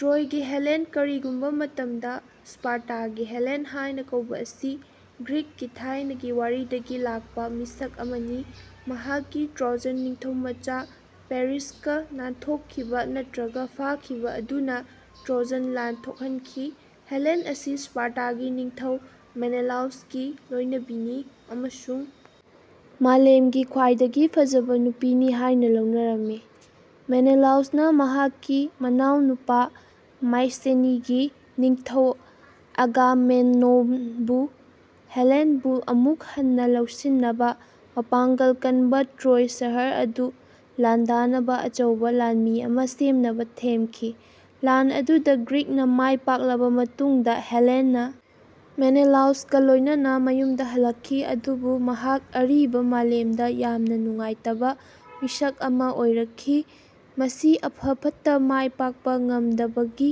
ꯇ꯭ꯔꯣꯏꯒꯤ Helen ꯀꯔꯤꯒꯨꯝꯕ ꯃꯇꯝꯗ ꯁ꯭ꯄꯥꯔꯇꯥꯒꯤ Helen ꯍꯥꯏꯅ ꯀꯧꯕ ꯑꯁꯤ ꯒ꯭ꯔꯤꯛꯀꯤ ꯊꯥꯏꯅꯒꯤ ꯋꯥꯔꯤꯗꯒꯤ ꯂꯥꯛꯄ ꯃꯤꯁꯛ ꯑꯃꯅꯤ ꯃꯍꯥꯛꯀꯤ ꯇ꯭ꯔꯣꯖꯟ ꯅꯤꯡꯊꯧꯃꯆꯥ ꯄꯦꯔꯤꯁꯀ ꯅꯥꯟꯊꯣꯛꯈꯤꯕ ꯅꯠꯇ꯭ꯔꯒ ꯐꯥꯈꯤꯕ ꯑꯗꯨꯅ ꯇ꯭ꯔꯣꯖꯟ ꯂꯥꯟ ꯊꯣꯛꯍꯟꯈꯤ꯫ ꯍꯦꯂꯦꯟ ꯑꯁꯤ ꯁ꯭ꯄꯥꯔꯇꯥꯒꯤ ꯅꯤꯡꯊꯧ ꯃꯦꯅꯦꯂꯥꯎꯁꯀꯤ ꯂꯣꯏꯅꯕꯤꯅꯤ ꯑꯃꯁꯨꯡ ꯃꯥꯂꯦꯝꯒꯤ ꯈ꯭ꯋꯥꯏꯗꯒꯤ ꯐꯖꯕ ꯅꯨꯄꯤꯅꯤ ꯍꯥꯏꯅ ꯂꯧꯅꯔꯝꯃꯤ꯫ ꯃꯦꯅꯦꯂꯥꯎꯁꯅ ꯃꯍꯥꯛꯀꯤ ꯃꯅꯥꯎꯅꯨꯄꯥ ꯃꯥꯏꯁꯦꯅꯤꯒꯤ ꯅꯤꯡꯊꯧ ꯑꯒꯥꯃꯦꯝꯅꯣꯟꯕꯨ ꯍꯦꯂꯦꯟꯕꯨ ꯑꯃꯨꯛ ꯍꯟꯅ ꯂꯧꯁꯤꯟꯅꯕ ꯃꯄꯥꯡꯒꯜ ꯀꯟꯕ ꯇ꯭ꯔꯣꯏ ꯁꯍꯔ ꯑꯗꯨ ꯂꯥꯟꯗꯥꯅꯕ ꯑꯆꯧꯕ ꯂꯥꯟꯃꯤ ꯑꯃ ꯁꯦꯝꯅꯕ ꯊꯦꯝꯈꯤ꯫ ꯂꯥꯟ ꯑꯗꯨꯗ ꯒ꯭ꯔꯤꯛꯅ ꯃꯥꯏꯄꯥꯛꯂꯕ ꯃꯇꯨꯡꯗ ꯍꯦꯂꯦꯟꯅ ꯃꯦꯅꯦꯂꯥꯎꯁꯀ ꯂꯣꯏꯅꯅ ꯃꯌꯨꯝꯗ ꯍꯜꯂꯛꯈꯤ ꯑꯗꯨꯕꯨ ꯃꯍꯥꯛ ꯑꯔꯤꯕ ꯃꯥꯂꯦꯝꯗ ꯌꯥꯝꯅ ꯅꯨꯡꯉꯥꯏꯇꯕ ꯃꯤꯁꯛ ꯑꯃ ꯑꯣꯏꯔꯛꯈꯤ ꯃꯁꯤ ꯑꯐ ꯐꯠꯇ ꯃꯥꯏ ꯄꯥꯛꯄ ꯉꯝꯗꯕꯒꯤ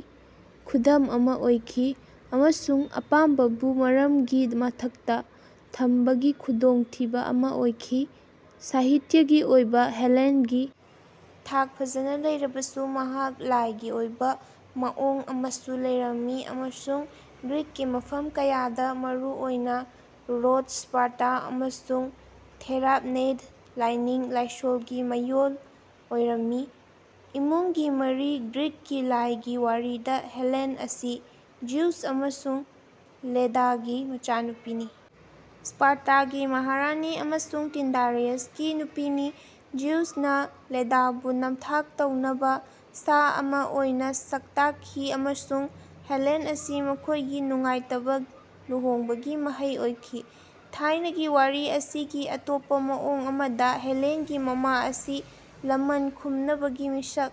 ꯈꯨꯗꯝ ꯑꯃ ꯑꯣꯏꯈꯤ ꯑꯃꯁꯨꯡ ꯑꯄꯥꯝꯕꯕꯨ ꯃꯔꯝꯒꯤ ꯃꯊꯛꯇ ꯊꯝꯕꯒꯤ ꯈꯨꯗꯣꯡꯊꯤꯕ ꯑꯃ ꯑꯣꯏꯈꯤ꯫ ꯁꯥꯍꯤꯇ꯭ꯌꯒꯤ ꯑꯣꯏꯕ ꯍꯦꯂꯦꯟꯒꯤ ꯊꯥꯛ ꯐꯖꯅ ꯂꯩꯔꯕꯁꯨ ꯃꯍꯥꯛ ꯂꯥꯏꯒꯤ ꯑꯣꯏꯕ ꯃꯑꯣꯡ ꯑꯃꯁꯨ ꯂꯩꯔꯝꯃꯤ ꯑꯃꯁꯨꯡ ꯒ꯭ꯔꯤꯛꯀꯤ ꯃꯐꯝ ꯀꯌꯥꯗ ꯃꯔꯨꯑꯣꯏꯅ ꯔꯣꯗꯁ ꯁ꯭ꯄꯥꯔꯇꯥ ꯑꯃꯁꯨꯡ ꯊꯦꯔꯥꯞꯅꯦꯗ ꯂꯥꯏꯅꯤꯡ ꯂꯥꯏꯁꯣꯜꯒꯤ ꯃꯌꯣꯜ ꯑꯣꯏꯔꯝꯃꯤ꯫ ꯏꯃꯨꯡꯒꯤ ꯃꯔꯤ ꯒ꯭ꯔꯤꯛꯀꯤ ꯂꯥꯏꯒꯤ ꯋꯥꯔꯤꯗ ꯍꯦꯂꯦꯟ ꯑꯁꯤ ꯖ꯭ꯌꯨꯁ ꯑꯃꯁꯨꯡ ꯂꯦꯗꯥꯒꯤ ꯃꯆꯥꯅꯨꯄꯤꯅꯤ ꯁ꯭ꯄꯥꯔꯇꯥꯒꯤ ꯃꯍꯥꯔꯥꯅꯤ ꯑꯃꯁꯨꯡ ꯇꯤꯟꯗꯥꯔꯦꯌꯁꯀꯤ ꯅꯨꯄꯤꯅꯤ꯫ ꯖꯤꯎꯁꯅ ꯂꯦꯗꯥꯕꯨ ꯅꯝꯊꯥꯛ ꯇꯧꯅꯕ ꯁꯥ ꯑꯃ ꯑꯣꯏꯅ ꯁꯛꯇꯥꯛꯈꯤ ꯑꯃꯁꯨꯡ ꯍꯦꯂꯦꯟ ꯑꯁꯤ ꯃꯈꯣꯏꯒꯤ ꯅꯨꯡꯉꯥꯏꯇꯕ ꯂꯨꯍꯣꯡꯕꯒꯤ ꯃꯍꯩ ꯑꯣꯏꯈꯤ꯫ ꯊꯥꯏꯅꯒꯤ ꯋꯥꯔꯤ ꯑꯁꯤꯒꯤ ꯑꯇꯣꯞꯄ ꯃꯑꯣꯡ ꯑꯃꯗ ꯍꯦꯂꯦꯟꯒꯤ ꯃꯃꯥ ꯑꯁꯤ ꯂꯃꯟ ꯈꯨꯝꯅꯕꯒꯤ ꯃꯤꯁꯛ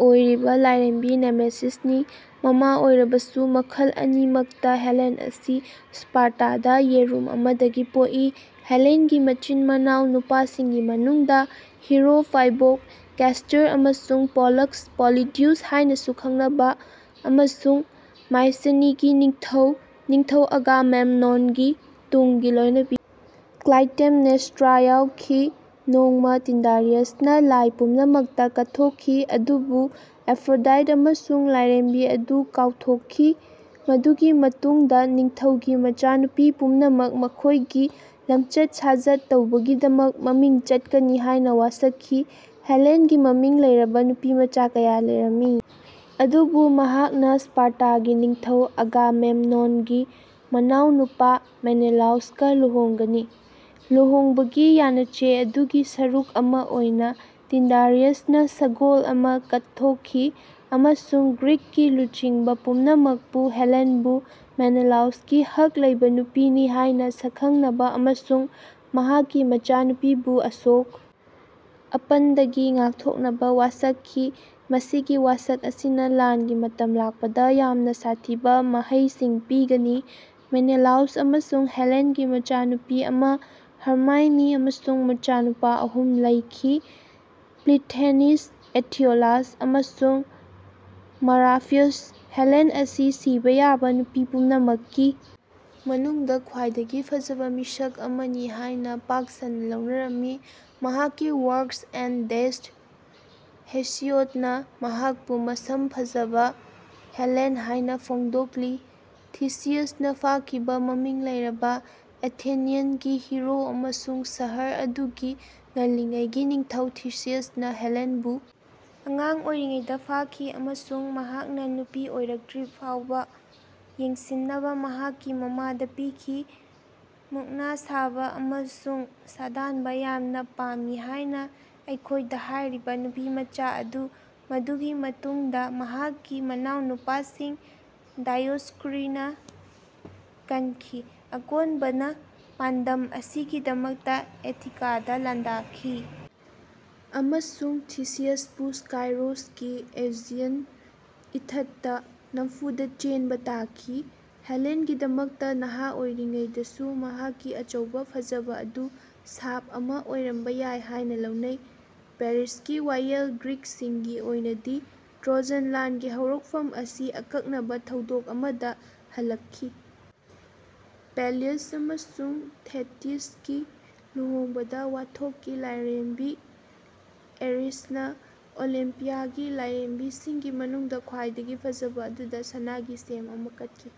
ꯑꯣꯏꯔꯤꯕ ꯂꯥꯏꯔꯦꯝꯕꯤ ꯅꯦꯃꯦꯁꯤꯁꯅꯤ꯫ ꯃꯃꯥ ꯑꯣꯏꯔꯕꯁꯨ ꯃꯈꯜ ꯑꯅꯤꯃꯛꯇ ꯍꯦꯂꯦꯟ ꯑꯁꯤ ꯁ꯭ꯄꯥꯔꯇꯥꯗ ꯌꯦꯔꯨꯝ ꯑꯃꯗꯒꯤ ꯄꯣꯛꯏ꯫ ꯍꯦꯂꯦꯟꯒꯤ ꯃꯆꯤꯟ ꯃꯅꯥꯎ ꯅꯨꯄꯥꯁꯤꯡꯒꯤ ꯃꯅꯨꯡꯗ ꯍꯤꯔꯣ ꯐꯥꯏꯕꯣꯛ ꯀꯦꯁ꯭ꯇꯔ ꯑꯃꯁꯨꯡ ꯄꯣꯂꯛꯁ ꯄꯣꯂꯤꯗ꯭ꯌꯨꯁ ꯍꯥꯏꯅꯁꯨ ꯈꯪꯅꯕ ꯑꯃꯁꯨꯡ ꯃꯥꯏꯁꯦꯅꯤꯒꯤ ꯅꯤꯡꯊꯧ ꯅꯤꯡꯊꯧ ꯑꯒꯥꯃꯦꯝꯅꯣꯟꯒꯤ ꯇꯨꯡꯒꯤ ꯂꯣꯏꯅꯕꯤ ꯀ꯭ꯂꯥꯏꯇꯦꯝꯅꯦꯁ꯭ꯇ꯭ꯔꯥ ꯌꯥꯎꯈꯤ꯫ ꯅꯣꯡꯃ ꯇꯤꯟꯗꯥꯔꯤꯌꯁꯅ ꯂꯥꯏ ꯄꯨꯝꯅꯃꯛꯇ ꯀꯠꯊꯣꯛꯈꯤ ꯑꯗꯨꯕꯨ ꯑꯦꯐ꯭ꯔꯣꯗꯥꯏꯠ ꯑꯃꯁꯨꯡ ꯂꯥꯏꯔꯦꯝꯕꯤ ꯑꯗꯨ ꯀꯥꯎꯊꯣꯛꯈꯤ ꯃꯗꯨꯒꯤ ꯃꯇꯨꯡꯗ ꯅꯤꯡꯊꯧꯒꯤ ꯃꯆꯥꯅꯨꯄꯤ ꯄꯨꯝꯅꯃꯛ ꯃꯈꯣꯏꯒꯤ ꯂꯝꯆꯠ ꯁꯥꯖꯠ ꯇꯧꯕꯒꯤꯗꯃꯛ ꯃꯃꯤꯡ ꯆꯠꯀꯅꯤ ꯍꯥꯏꯅ ꯋꯥꯁꯛꯈꯤ꯫ ꯍꯦꯂꯦꯟꯒꯤ ꯃꯃꯤꯡ ꯂꯩꯔꯕ ꯅꯨꯄꯤ ꯃꯆꯥ ꯀꯌꯥ ꯂꯩꯔꯝꯃꯤ ꯑꯗꯨꯕꯨ ꯃꯍꯥꯛꯅ ꯁ꯭ꯄꯥꯔꯇꯥꯒꯤ ꯅꯤꯡꯊꯧ ꯑꯒꯥꯃꯦꯝꯅꯣꯟꯒꯤ ꯃꯅꯥꯎꯅꯨꯄꯥ ꯃꯦꯅꯦꯂꯥꯎꯁꯀ ꯂꯨꯍꯣꯡꯒꯅꯤ꯫ ꯂꯨꯍꯣꯡꯕꯒꯤ ꯌꯥꯅꯆꯦ ꯑꯗꯨꯒꯤ ꯁꯔꯨꯛ ꯑꯃ ꯑꯣꯏꯅ ꯇꯤꯟꯗꯥꯔꯤꯌꯁꯅ ꯁꯒꯣꯜ ꯑꯃ ꯀꯠꯊꯣꯛꯈꯤ ꯑꯃꯁꯨꯡ ꯒ꯭ꯔꯤꯛꯀꯤ ꯂꯨꯆꯤꯡꯕ ꯄꯨꯝꯅꯃꯛꯄꯨ ꯍꯦꯂꯦꯟꯕꯨ ꯃꯦꯅꯦꯂꯥꯎꯁꯀꯤ ꯍꯛ ꯂꯩꯕ ꯅꯨꯄꯤꯅꯤ ꯍꯥꯏꯅ ꯁꯛꯈꯪꯅꯕ ꯑꯃꯁꯨꯡ ꯃꯍꯥꯛꯀꯤ ꯃꯆꯥꯅꯨꯄꯤꯕꯨ ꯑꯁꯣꯛ ꯑꯄꯟꯗꯒꯤ ꯉꯥꯛꯊꯣꯛꯅꯕ ꯋꯥꯁꯛꯈꯤ꯫ ꯃꯁꯤꯒꯤ ꯋꯥꯁꯛ ꯑꯁꯤꯅ ꯂꯥꯟꯒꯤ ꯃꯇꯝ ꯂꯥꯛꯄꯗ ꯌꯥꯝꯅ ꯁꯥꯊꯤꯕ ꯃꯍꯩꯁꯤꯡ ꯄꯤꯒꯅꯤ꯫ ꯃꯦꯅꯦꯂꯥꯎꯁ ꯑꯃꯁꯨꯡ ꯍꯦꯂꯦꯟꯒꯤ ꯃꯆꯥꯅꯨꯄꯤ ꯑꯃ, ꯍꯔꯃꯥꯏꯅꯤ ꯑꯃꯁꯨꯡ ꯃꯆꯥꯅꯨꯄꯥ ꯑꯍꯨꯝ ꯂꯩꯈꯤ ꯄ꯭ꯂꯤꯁꯊꯦꯅꯤꯁ ꯑꯦꯊꯤꯑꯣꯂꯥꯁ ꯑꯃꯁꯨꯡ ꯃꯔꯥꯐꯤꯌꯁ꯫ ꯍꯦꯂꯦꯟ ꯑꯁꯤ ꯁꯤꯕ ꯌꯥꯕ ꯅꯨꯄꯤ ꯄꯨꯝꯅꯃꯛꯀꯤ ꯃꯅꯨꯡꯗ ꯈ꯭ꯋꯥꯏꯗꯒꯤ ꯐꯖꯕ ꯃꯤꯁꯛ ꯑꯃꯅꯤ ꯍꯥꯏꯅ ꯄꯥꯛ ꯁꯟꯅ ꯂꯧꯅꯔꯝꯃꯤ꯫ ꯃꯍꯥꯛꯀꯤ ꯋꯥꯔ꯭ꯛꯁ ꯑꯦꯟꯗ ꯗꯦꯁꯇ ꯍꯦꯁꯤꯌꯣꯗꯅ ꯃꯍꯥꯛꯄꯨ ꯃꯁꯝ ꯐꯖꯕ ꯍꯦꯂꯦꯟ ꯍꯥꯏꯅ ꯐꯣꯡꯗꯣꯛꯂꯤ꯫ ꯊꯤꯁꯤꯌꯁꯅ ꯐꯥꯈꯤꯕ ꯃꯃꯤꯡ ꯂꯩꯔꯕ ꯑꯦꯊꯦꯅꯤꯌꯟꯒꯤ ꯍꯤꯔꯣ ꯑꯃꯁꯨꯡ ꯁꯍꯔ ꯑꯗꯨꯒꯤ ꯉꯜꯂꯤꯉꯩꯒꯤ ꯅꯤꯡꯊꯧ ꯊꯤꯁꯤꯌꯁꯅ ꯍꯦꯂꯦꯟꯕꯨ ꯑꯉꯥꯡ ꯑꯣꯏꯔꯤꯉꯩꯗ ꯐꯥꯈꯤ ꯑꯃꯁꯨꯡ ꯃꯍꯥꯛꯅ ꯅꯨꯄꯤ ꯑꯣꯏꯔꯛꯇ꯭ꯔꯤꯐꯥꯎꯕ ꯌꯦꯡꯁꯤꯟꯅꯕ ꯃꯍꯥꯛꯀꯤ ꯃꯃꯥꯗ ꯄꯤꯈꯤ꯫ ꯃꯨꯛꯅ ꯁꯥꯕ ꯑꯃꯁꯨꯡ ꯁꯥꯗꯥꯟꯕ ꯌꯥꯝꯅ ꯄꯥꯝꯃꯤ ꯍꯥꯏꯅ ꯑꯩꯈꯣꯏꯗ ꯍꯥꯏꯔꯤꯕ ꯅꯨꯄꯤꯃꯆꯥ ꯑꯗꯨ ꯃꯗꯨꯒꯤ ꯃꯇꯨꯡꯗ ꯃꯍꯥꯛꯀꯤ ꯃꯅꯥꯎꯅꯨꯄꯥꯁꯤꯡ ꯗꯥꯏꯑꯣꯁ꯭ꯀꯨꯔꯤꯅ ꯀꯟꯈꯤ꯫ ꯑꯀꯣꯟꯕꯅ ꯄꯥꯟꯗꯝ ꯑꯁꯤꯒꯤꯗꯃꯛꯇ ꯑꯦꯊꯤꯀꯥꯗ ꯂꯥꯟꯗꯥꯈꯤ ꯑꯃꯁꯨꯡ ꯊꯤꯁꯤꯌꯁꯄꯨ ꯁ꯭ꯀꯥꯏꯔꯣꯁꯀꯤ ꯑꯦꯖꯤꯌꯟ ꯏꯊꯠꯇ ꯅꯝꯐꯨꯗ ꯆꯦꯟꯕ ꯇꯥꯈꯤ꯫ ꯍꯦꯂꯦꯟꯒꯤꯗꯃꯛꯇ ꯅꯍꯥ ꯑꯣꯏꯔꯤꯉꯩꯗꯁꯨ ꯃꯍꯥꯛꯀꯤ ꯑꯆꯧꯕ ꯐꯖꯕ ꯑꯗꯨ ꯁꯥꯞ ꯑꯃ ꯑꯣꯏꯔꯝꯕ ꯌꯥꯏ ꯍꯥꯏꯅ ꯂꯧꯅꯩ꯫ ꯄꯦꯔꯤꯁꯀꯤ ꯋꯥꯌꯦꯜ ꯒ꯭ꯔꯤꯛꯁꯤꯡꯒꯤ ꯑꯣꯏꯅꯗꯤ ꯇ꯭ꯔꯣꯖꯟ ꯂꯥꯟꯒꯤ ꯍꯧꯔꯛꯐꯝ ꯑꯁꯤ ꯑꯀꯛꯅꯕ ꯊꯧꯗꯣꯛ ꯑꯃꯗ ꯍꯜꯂꯛꯈꯤ꯫ ꯄꯦꯂꯤꯌꯁ ꯑꯃꯁꯨꯡ ꯊꯦꯇꯤꯁꯀꯤ ꯂꯨꯍꯣꯡꯕꯗ ꯋꯥꯊꯣꯛꯀꯤ ꯂꯥꯏꯔꯦꯝꯕꯤ ꯑꯦꯔꯤꯁꯅ ꯑꯣꯂꯤꯝꯄꯤꯌꯥꯒꯤ ꯂꯥꯏꯔꯦꯝꯕꯤꯁꯤꯡꯒꯤ ꯃꯅꯨꯡꯗ ꯈ꯭ꯋꯥꯏꯗꯒꯤ ꯐꯖꯕ ꯑꯗꯨꯗ ꯁꯅꯥꯒꯤ ꯁꯦꯝ ꯑꯃ ꯀꯠꯈꯤ꯫